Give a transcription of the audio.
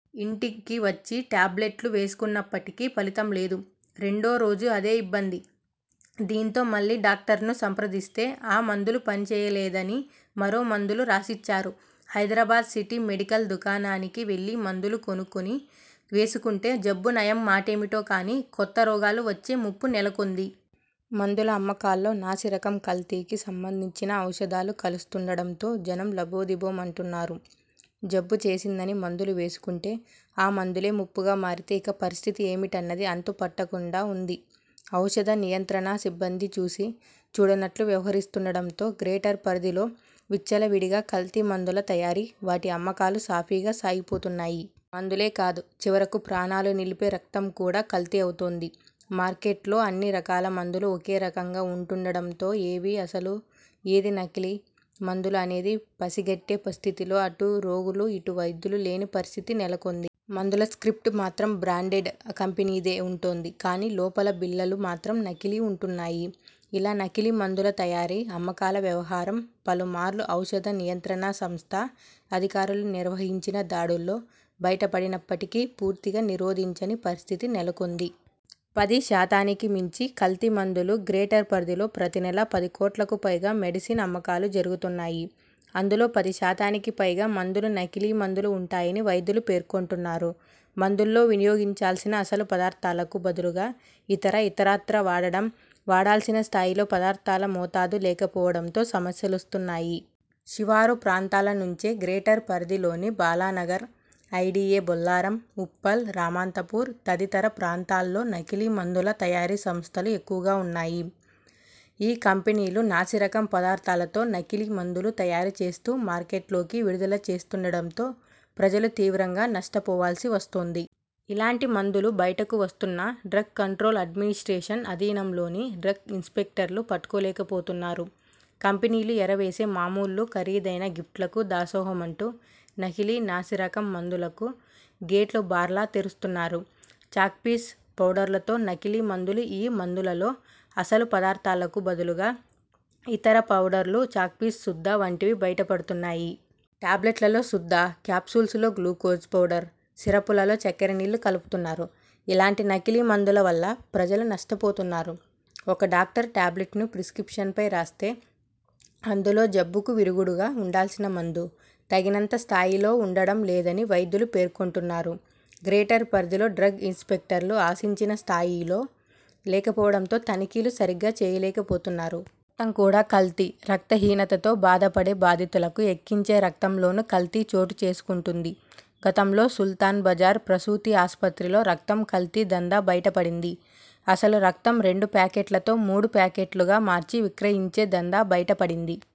ఇంటికి వచ్చి ట్యాబ్లెట్లు వేసుకున్నప్పటికీ ఫలితం లేదు. రెండో రోజు అదే ఇబ్బంది. దీంతో మళ్లీ డాక్ట ర్ను సంప్రదిస్తే ఆ మందులు పనిచేయ లేద ని మరో మందులు రాసిచ్చారు''. హైదరాబాద్ సిటీ, మెడికల్ దుకాణానికి వెళ్లి మందులు కొనుకుని వేసుకుంటే జబ్బు నయం మాటేమిటో కానీ కొత్త రోగాలు వచ్చే ముప్పు నెలకొంది. మందుల అమ్మకాల్లో నాసిరకం, కల్తీకి సంబంధించిన ఔషధాలు కలుస్తుండడంతో జ నం లబోదిబోమంటున్నారు. జబ్బు చేసిందని మం దులు వేసుకుంటే ఆ మందులే ముప్పుగా మారితే ఇక పరిస్థితి ఏమిటన్నది అంతుపట్టకుండా ఉంది. ఔషధ నియంత్రణ సిబ్బంది చూసీ చూడనట్లు వ్య వహరిస్తుండడంతో గ్రేటర్ పరిధిలో విచ్చలవిడిగా కల్తీ మందుల తయారీ, వాటి అమ్మకాలు సాఫీగా సాగిపోతున్నాయి. మందులే కాదు, చివరకు ప్రాణా లు నిలిపే రక్తం కూడా కల్తీ అవుతోంది. మార్కె ట్లో అన్ని రకాల మందులు ఒకే రకంగా ఉంటుం డడంతో ఏవీ అసలు, ఏదీ నకిలీ మందులు అనేది పసిగట్టే స్థితిలో అటు రోగులు, ఇటు వైద్యులు లేని పరిస్థితి నెలకొంది. మందుల స్ర్కిప్ట్ మాత్రం బ్రాం డెండ్ కంపెనీదే ఉంటోంది. కానీ లోపల బిళ్లలు మాత్రం నకిలీ ఉంటున్నాయి. ఇలా నకిలీ మందుల తయారీ, అమ్మకాల వ్యవహారం పలు మార్లు ఔషఽ ద నియంత్రణ సంస్థ అధికారులు నిర్వహించిన దాడుల్లో బయటపడినప్పటికి పూర్తిగా నిరోధించని పరిస్థితి నెలకొంది. పదిశాతానికి మించి కల్తీ మందులుగ్రేటర్ పరిధిలో ప్రతి నెల పది కోట్లకుపైగా మె డిసిన్ అమ్మకాలు జరుగుతున్నాయి. అందులో పది శాతానికి పైగా మందులు నకిలీ మందులు ఉంటాయని వైద్యులు పేర్కొంటున్నారు. మందుల్లో వినియోగించాల్సిన అసలు పదార్థాలకు బదులుగా ఇత ర ఇతరత్రా వాడడం, వాడాల్సిన స్థాయిలో పదార్థాల మోతాదు లేకపోవడంతో సమస్యలొస్తున్నాయి. శివారు ప్రాంతాల నుంచే గ్రేటర్ పరిధిలోని బాలానగర్, ఐడీఏ బొల్లారం, ఉప్పల్, రామాంతపూర్ తదితర ప్రాంతాల్లో నకిలీ మందుల తయారీల సంస్థలు ఎక్కువగా ఉన్నాయి. ఈ కంపెనీలు నాసిరకం పదార్థాలతో నకిలీ మం దులు తయారు చేస్తూ మార్కెట్లోకి విడుదల చే స్తుండడంతో ప్రజలు తీవ్రంగా నష్టపోవాల్సి వస్తోం ది. ఇలాంటి మందులు బయటకు వస్తున్నా డ్రగ్ కంట్రోల్ అడ్మినిస్ట్రేషన్ ఆధీనంలోని డ్రగ్ ఇన్స్పెక్టర్లు పట్టుకోలేకపోతున్నారు. కంపెనీలు ఎర వేసే మా మూళ్లు, ఖరీదైన గిఫ్ట్లకు దాసోహమంటూ నకిలీ, నాసిరకం మందులకు గేట్లు బార్లా తెరుస్తున్నారు. చాక్పీస్, పౌడర్లతో నకిలీ మందులుఈ మందులలో అసలు పదార్థాలకు బదులుగా ఇతర ఫౌడర్లు, చాక్పీస్ సుద్ద వంటివి బయటపడుతున్నాయి. టాబ్లెట్లలో సుద్ద, క్యాప్సూల్స్లో గ్లూకోజ్ పౌడర్, సిర్పలలో చక్కెర నీళ్లు కలుపుతున్నారు. ఇలాంటి నకిలీ మందుల వల్ల ప్రజలు నష్టపోతున్నారు. ఒక డాక్టర్ టాబ్లెట్ను ప్రిస్ర్కిప్షన్పై రాస్తే అందులో జబ్బుకు విరుగుడుగా ఉండాల్సిన మందు తగినంత స్థాయిలో ఉండడం లేదని వైద్యులు పే ర్కొంటున్నారు. గ్రేటర్ పరిధిలో డ్రగ్గ్ ఇన్స్పెక్టర్లు ఆశించిన స్థాయులో లేకపోవడంతో తనిఖీలు సరిగ్గా చేయలేకపోతున్నారు. రక్తం కూడా కల్తీ రక్తహీనతో బాధపడే బాధితులకు ఎక్కించే ర క్తంలోనూ కల్తీ చోటు చేసుకుంటుంది. గతంలో సు ల్తాన్బజార్ ప్రసూతి ఆస్పత్రిలో రక్తం కల్తీ దందా బయట పడింది. అసలు రక్తం రెండు ప్యాకెట్లతో మూడు ప్యాకెట్లుగా మార్చి విక్రయించే దందా బ యట పడింది.